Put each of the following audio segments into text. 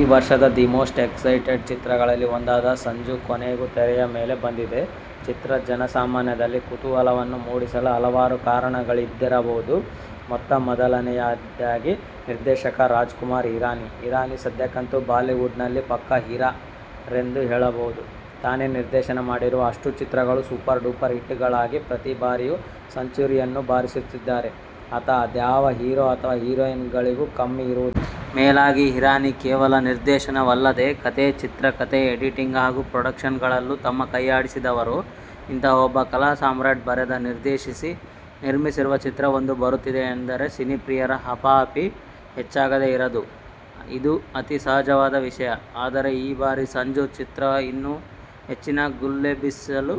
ಈ ವರ್ಷದ the most expected ಚಿತ್ರಗಳಲ್ಲಿ ಒಂದಾದ 'ಸಂಜು' ಕೊನೆಗೂ ತೆರೆಯ ಮೇಲೆ ಬಂದಿದೆ. ಚಿತ್ರ ಜನಮಾನಸದಲ್ಲಿ ಕುತೂಹಲವನ್ನು ಮೂಡಿಸಲು ಹಲವಾರು ಕಾರಣಗಳಿದ್ದಿರಬಹುದು. ಮೊತ್ತ ಮೊದಲನೆಯದಾಗಿ ನಿರ್ದೇಶಕ ರಾಜ್ಕುಮಾರ್ ಹಿರಾನಿ. ಹಿರಾನಿ ಸದ್ಯಕ್ಕಂತೂ ಬಾಲಿವುಡ್ ನಲ್ಲಿ ಪಕ್ಕ 'ಹೀರಾ' ರೆಂದೇ ಹೇಳಬಹುದು. ತಾನು ನಿರ್ದೇಶನ ಮಾಡಿರುವ ಅಷ್ಟೂ ಚಿತ್ರಗಳು ಸೂಪರ್ ಡೂಪರ್ ಹಿಟ್ ಗಳಾಗಿ ಪ್ರತಿ ಬಾರಿಯೂ ಸೆಂಚೂರಿಯನ್ನು ಬಾರಿಸುತ್ತಿದ್ದರೆ ಆತ ಅದ್ಯಾವ ಹೀರೊ ಅಥವಾ ಹೀರೋಯಿನ್ ಗಳಿಗೂ ಕಮ್ಮಿ ಇರುವುದಿಲ್ಲ. ಮೇಲಾಗಿ ಹಿರಾನಿ ಕೇವಲ ನಿರ್ದೇಶನವಲ್ಲದೆ ಕಥೆ, ಚಿತ್ರಕತೆ, ಎಡಿಟಿಂಗ್ ಹಾಗು ಪ್ರೊಡಕ್ಷನ್ ಗಳಲ್ಲೂ ತಮ್ಮ ಕೈಯಾಡಿಸಿದವರು. ಇಂತಹ ಒಬ್ಬ ಕಲಾಸಾಮ್ರಾಟ್ ಬರೆದು, ನಿರ್ದೇಶಿಸಿ ನಿರ್ಮಿಸಿರುವ ಚಿತ್ರವೊಂದು ಬರುತ್ತಿದೆ ಎಂದರೆ ಸಿನಿಪ್ರಿಯರ ಹಪಾಹಪಿ ಹೆಚ್ಚಾಗದೇ ಇರದು. ಇದು ಅತಿ ಸಹಜವಾದ ವಿಷಯ. ಆದರೆ ಈ ಬಾರಿ ಸಂಜು ಚಿತ್ರ ಇನ್ನೂ ಹೆಚ್ಚಿನ ಗುಲ್ಲೆಬ್ಬಿಸಲು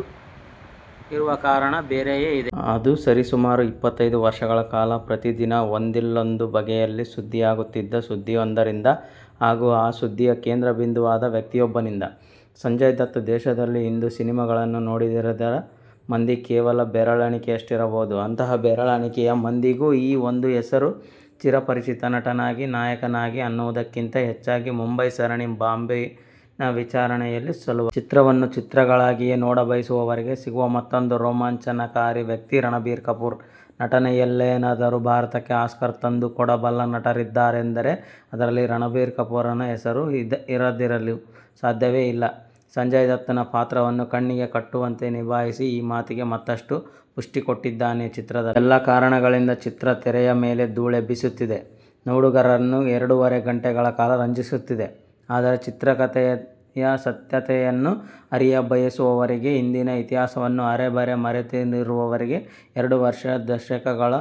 ಇರುವ ಕಾರಣ ಬೇರೆಯೇ ಇದೆ. ಅದು ಸರಿಸುಮಾರು ಇಪ್ಪತ್ತೈದು ವರ್ಷಗಳ ಕಾಲ ಪ್ರತಿ ದಿನ ಒಂದಿಲ್ಲೊಂದು ಬಗೆಯಲ್ಲಿ ಸುದ್ದಿಯಾಗುತ್ತಿದ್ದ ಸುದ್ದಿಯೊಂದರಿಂದ ಹಾಗು ಆ ಸುದ್ದಿಯ ಕೇಂದ್ರಬಿಂದುವಾದ ವ್ಯಕ್ತಿಯೊಬ್ಬನಿಂದ. ಸಂಜಯ್ ದತ್ ದೇಶದಲ್ಲಿ ಇಂದು ಸಿನಿಮಾಗಳನ್ನು ನೋಡದಿರದ ಮಂದಿ ಕೇವಲ ಬೆರಳಣಿಕೆಯಷ್ಟಿರಬಹುದು. ಅಂತಹ ಬೆರಳೆಣಿಕೆಯ ಮಂದಿಗೂ ಈ ಒಂದು ಹೆಸರು ಚಿರಪರಿಚಿತ ನಟನಾಗಿ, ನಾಯಕನಾಗಿ ಅನ್ನುವುದಕ್ಕಿಂತ ಹೆಚ್ಚಾಗಿ ಮುಂಬೈ ಸರಣಿ ಬಾಂಬಿನ ವಿಚಾರಣೆಯ ಸಲುವಾಗಿ. ಚಿತ್ರವನ್ನು ಚಿತ್ರಗಳಾಗಿಯೇ ನೋಡಬಯಸುವವರಿಗೆ ಸಿಗುವ ಮತ್ತೊಂದು ರೋಮಾಂಚನಕಾರಿ ವ್ಯಕ್ತಿ ರಣಬೀರ್ ಕಪೂರ್. ನಟನೆಯಲ್ಲೇನಾದರೂ ಭಾರತಕ್ಕೆ ಆಸ್ಕರ್ ತಂದುಕೊಡಬಲ್ಲ ನಟರಿದ್ದಾರೆಂದರೆ ಆದರಲ್ಲಿ ರಣಬೀರ್ ಕಪೂರ್ನ ಹೆಸರು ಇರದಿರಲು ಸಾಧ್ಯವೇ ಇಲ್ಲ. ಸಂಜಯ್ ದತ್ ನ ಪಾತ್ರವನ್ನು ಕಣ್ಣಿಗೆ ಕಟ್ಟುವಂತೆ ನಿಭಾಯಿಸಿ ಈ ಮಾತಿಗೆ ಮತ್ತಷ್ಟು ಪುಷ್ಟಿಕೊಟ್ಟಿದ್ದಾನೆ ಚಿತ್ರದಲ್ಲಿ. ಈ ಎಲ್ಲ ಕಾರಣಗಳಿಂದ ಚಿತ್ರ ತೆರೆಯ ಮೇಲೆ ದೂಳೆಬ್ಬಿಸುತ್ತಿದೆ. ನೋಡುಗರನ್ನು ಎರಡೂವರೆ ಘಂಟೆಗಳ ಕಾಲ ರಂಜಿಸುತ್ತಿದೆ. ಆದರೆ ಚಿತ್ರಕತೆಯ ಸತ್ಯಾಸತ್ಯತೆಯನ್ನು ಅರಿಯಬಯಸುವವರಿಗೆ, ಹಿಂದಿನ ಇತಿಹಾಸವನ್ನು ಅರೆಬರೆ ಮರೆತಿರುವವರಿಗೆ ಎರಡೂವರೆ ದಶಕಗಳ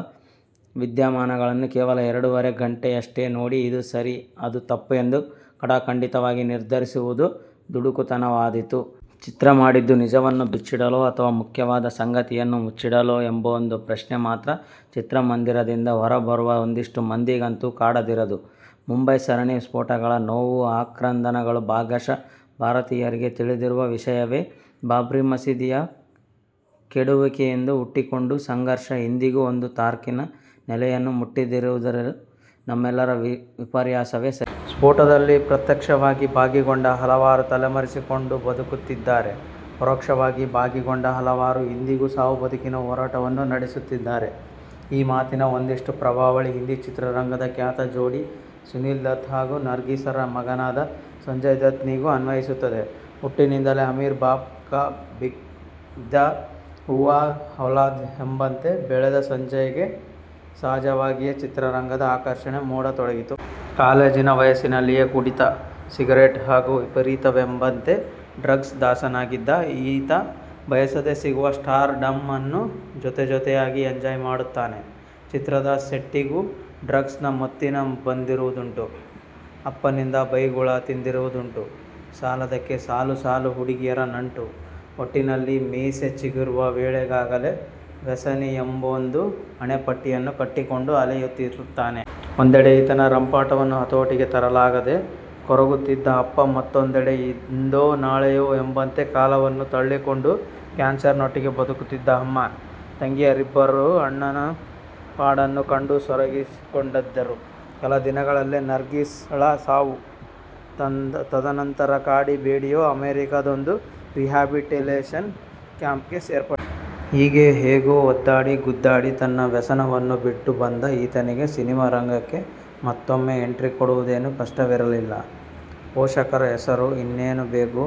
ವಿದ್ಯಮಾನಗಳನ್ನು ಕೇವಲ ಎರಡೂವರೆ ಘಂಟೆಯಷ್ಟೇ ನೋಡಿ ಇದು ಸರಿ ಅದು ತಪ್ಪೆಂದು ಖಡಾಖಂಡಿತವಾಗಿ ನಿರ್ಧರಿಸುವುದು ದುಡುಕುತನವಾದೀತು. ಚಿತ್ರ ಮಾಡಿದ್ದು ನಿಜವನ್ನು ಬಿಚ್ಚಿಡಲೋ ಅಥವಾ ಮುಖ್ಯವಾದ ಸಂಗತಿಯನ್ನು ಮುಚ್ಚಿಡಲೋ ಎಂಬೊಂದು ಪ್ರಶ್ನೆ ಮಾತ್ರ ಚಿತ್ರಮಂದಿರದಿಂದ ಹೊರಬರುವ ಒಂದಿಷ್ಟು ಮಂದಿಗಂತೂ ಕಾಡದಿರದು. ಮುಂಬೈ ಸರಣಿ ಸ್ಫೋಟಗಳ ನೋವು ಆಕ್ರಂದನಗಳು ಭಾಗಶಃ ಭಾರತೀಯರಿಗೆ ತಿಳಿದಿರುವ ವಿಷಯವೇ. ಬಾಬ್ರಿ ಮಸೀದಿಯ ಕೆಡಹುವಿಕೆಯಿಂದ ಹುಟ್ಟಿಕೊಂಡ ಸಂಘರ್ಷ ಇಂದಿಗೂ ಒಂದು ತಾರ್ಕಿಕ ನೆಲೆಯನ್ನು ಮುಟ್ಟದಿರುವುದು ನಮ್ಮೆಲ್ಲರ ವಿಪರ್ಯಾಸವೇ ಸರಿ. ಸ್ಪೋಟದಲ್ಲಿ ಪ್ರತ್ಯಕ್ಷವಾಗಿ ಭಾಗಿಗೊಂಡ ಹಲವಾರು ತಲೆಮರೆಸಿಕೊಂಡು ಬದುಕುತ್ತಿದ್ದರೆ ಪರೋಕ್ಷವಾಗಿ ಭಾಗಿಗೊಂಡ ಹಲವರು ಇಂದಿಗೂ ಸಾವು ಬದುಕಿನ ಹೋರಾಟವನ್ನು ನಡೆಸುತ್ತಿದ್ದಾರೆ. ಈ ಮಾತಿನ ಒಂದಿಷ್ಟು ಪ್ರಭಾವಳಿ ಹಿಂದಿ ಚಿತ್ರರಂಗದ ಖ್ಯಾತ ಜೋಡಿ ಸುನಿಲ್ ದತ್ ಹಾಗು ನರ್ಗೀಸರ ಮಗನಾದ ಸಂಜಯ್ ದತ್ ನಿಗೂ ಅನ್ವಯಿಸುತ್ತದೆ. ಹುಟ್ಟಿನಿಂದಲೇ ಅಮೀರ್ ಬಾಪ್ ಕ ಬಿಗ್ದಾ ಹೂವಾ ಔಲಾದ್ ಎಂಬಂತೆ ಬೆಳೆದ ಸಂಜಯ್ಗೆ ಸಹಜವಾಗಿಯೇ ಚಿತ್ರರಂಗದ ಆಕರ್ಷಣೆ ಮೂಡತೊಡಗಿತು. ಕಾಲೇಜಿನ ವಯಸ್ಸಿನಲ್ಲಿಯೇ ಕುಡಿತ, ಸಿಗರೇಟು ಹಾಗು ವಿಪರೀತವೆಂಬಂತೆ ಡ್ರಗ್ಸ್ ದಾಸನಾಗಿದ್ದ ಈತ ಬಯಸದೆ ಸಿಗುವ ಸ್ಟಾರ್ ಡಮ್ ಅನ್ನು ಜೊತೆಜೊತೆಗೆ ಎಂಜಾಯ್ ಮಾಡುತ್ತಾನೆ. ಚಿತ್ರದ ಸೆಟ್ಟಿಗೂ ಡ್ರಗ್ಸ್ ನ ಮತ್ತಿನಲ್ಲಿ ಬಂದಿರುವುದುಂಟು. ಅಪ್ಪನಿಂದ ಬೈಗುಳ ತಿಂದಿರುವುದುಂಟು. ಸಾಲದಕ್ಕೆ ಸಾಲು ಸಾಲು ಹುಡುಗಿಯರ ನಂಟು. ಒಟ್ಟಿನಲ್ಲಿ ಮೀಸೆಚಿಗುರುವ ವೇಳೆಗಾಗಲೇ ವ್ಯಸನಿ ಎಂಬೊಂದು ಹಣೆಪಟ್ಟಿಯನ್ನು ಕಟ್ಟಿಕೊಂಡು ಅಲೆಯುತ್ತಿರುತ್ತಾನೆ. ಒಂದೆಡೆ ಈತನ ರಂಪಾಟವನ್ನು ಹತೋಟಿಗೆ ತರಲಾಗದೆ ಕೊರಗುತ್ತಿದ್ದ ಅಪ್ಪ ಮತ್ತೊಂದೆಡೆ ಇಂದೋ ನಾಳೆಯೋ ಎಂಬಂತೆ ಕಾಲವನ್ನು ತಳ್ಳಿಕೊಂಡು ಕ್ಯಾನ್ಸರಿನೊಟ್ಟಿಗೆ ಬದುಕುತ್ತಿದ್ದ ಅಮ್ಮ. ತಂಗಿಯರಿಬ್ಬರೂ ಅಣ್ಣನ ಪಾಡನ್ನು ಕಂಡು ಸೊರಗಿಕೊಂಡಿದ್ದರು. ಕೆಲ ದಿನಗಳಲ್ಲೇ ನರ್ಗೀಸ್ ಳ ಸಾವು. ತದನಂತರ ಕಾಡಿ ಬೇಡಿಯೋ ಅಮೆರಿಕದೊಂದು ರಿಹ್ಯಾಬಿಲಿಟೇಷನ್ ಕ್ಯಾಂಪ್ಗೆ ಸೇರ್ಪಡೆ. ಹೀಗೆ ಹೇಗೋ ಒದ್ದಾಡಿ ಗುದ್ದಾಡಿ ತನ್ನ ವ್ಯಸನವನ್ನು ಬಿಟ್ಟು ಬಂದ ಈತನಿಗೆ ಸಿನಿಮಾರಂಗಕ್ಕೆ ಮತ್ತೊಮ್ಮೆ ಎಂಟ್ರಿ ಕೊಡುವುದೇನು ಕಷ್ಟವಿರಲಿಲ್ಲ. ಪೋಷಕರ ಹೆಸರು. ಇನ್ನೇನು ಬೇಕು.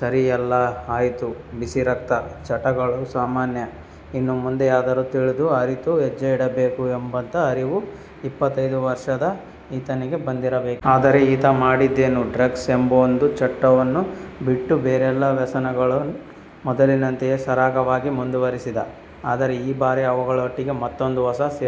ಸರಿ ಎಲ್ಲ ಆಯಿತು, ಬಿಸಿ ರಕ್ತ. ಚಟಗಳು ಸಾಮಾನ್ಯ. ಇನ್ನು ಮುಂದೆಯಾದರೂ ತಿಳಿದು ಅರಿತು ಹೆಜ್ಜೆಯಿಡಬೇಕು ಎಂಬಂತ ಅರಿವು ಇಪ್ಪತ್ತೈದು ವರ್ಷದ ಈತನಿಗೆ ಬಂದಿರಬೇಕಿತ್ತು. ಆದರೆ ಈತ ಮಾಡಿದ್ದೇನು ಡ್ರಗ್ಸ್ ಎಂಬೊಂದು ಚಟವನ್ನು ಬಿಟ್ಟು ಬೇರೆಲ್ಲ ವ್ಯಸನಗಳು ಮೊದಲಿನಂತೆಯೇ ಸರಾಗವಾಗಿ ಮುಂದುವರೆಸಿದ. ಆದರೆ ಈ ಬಾರಿ ಅವುಗಳೊಟ್ಟಿಗೆ ಮತ್ತೊಂದು ಹೊಸ ಸೇರ್ಪಡೆ.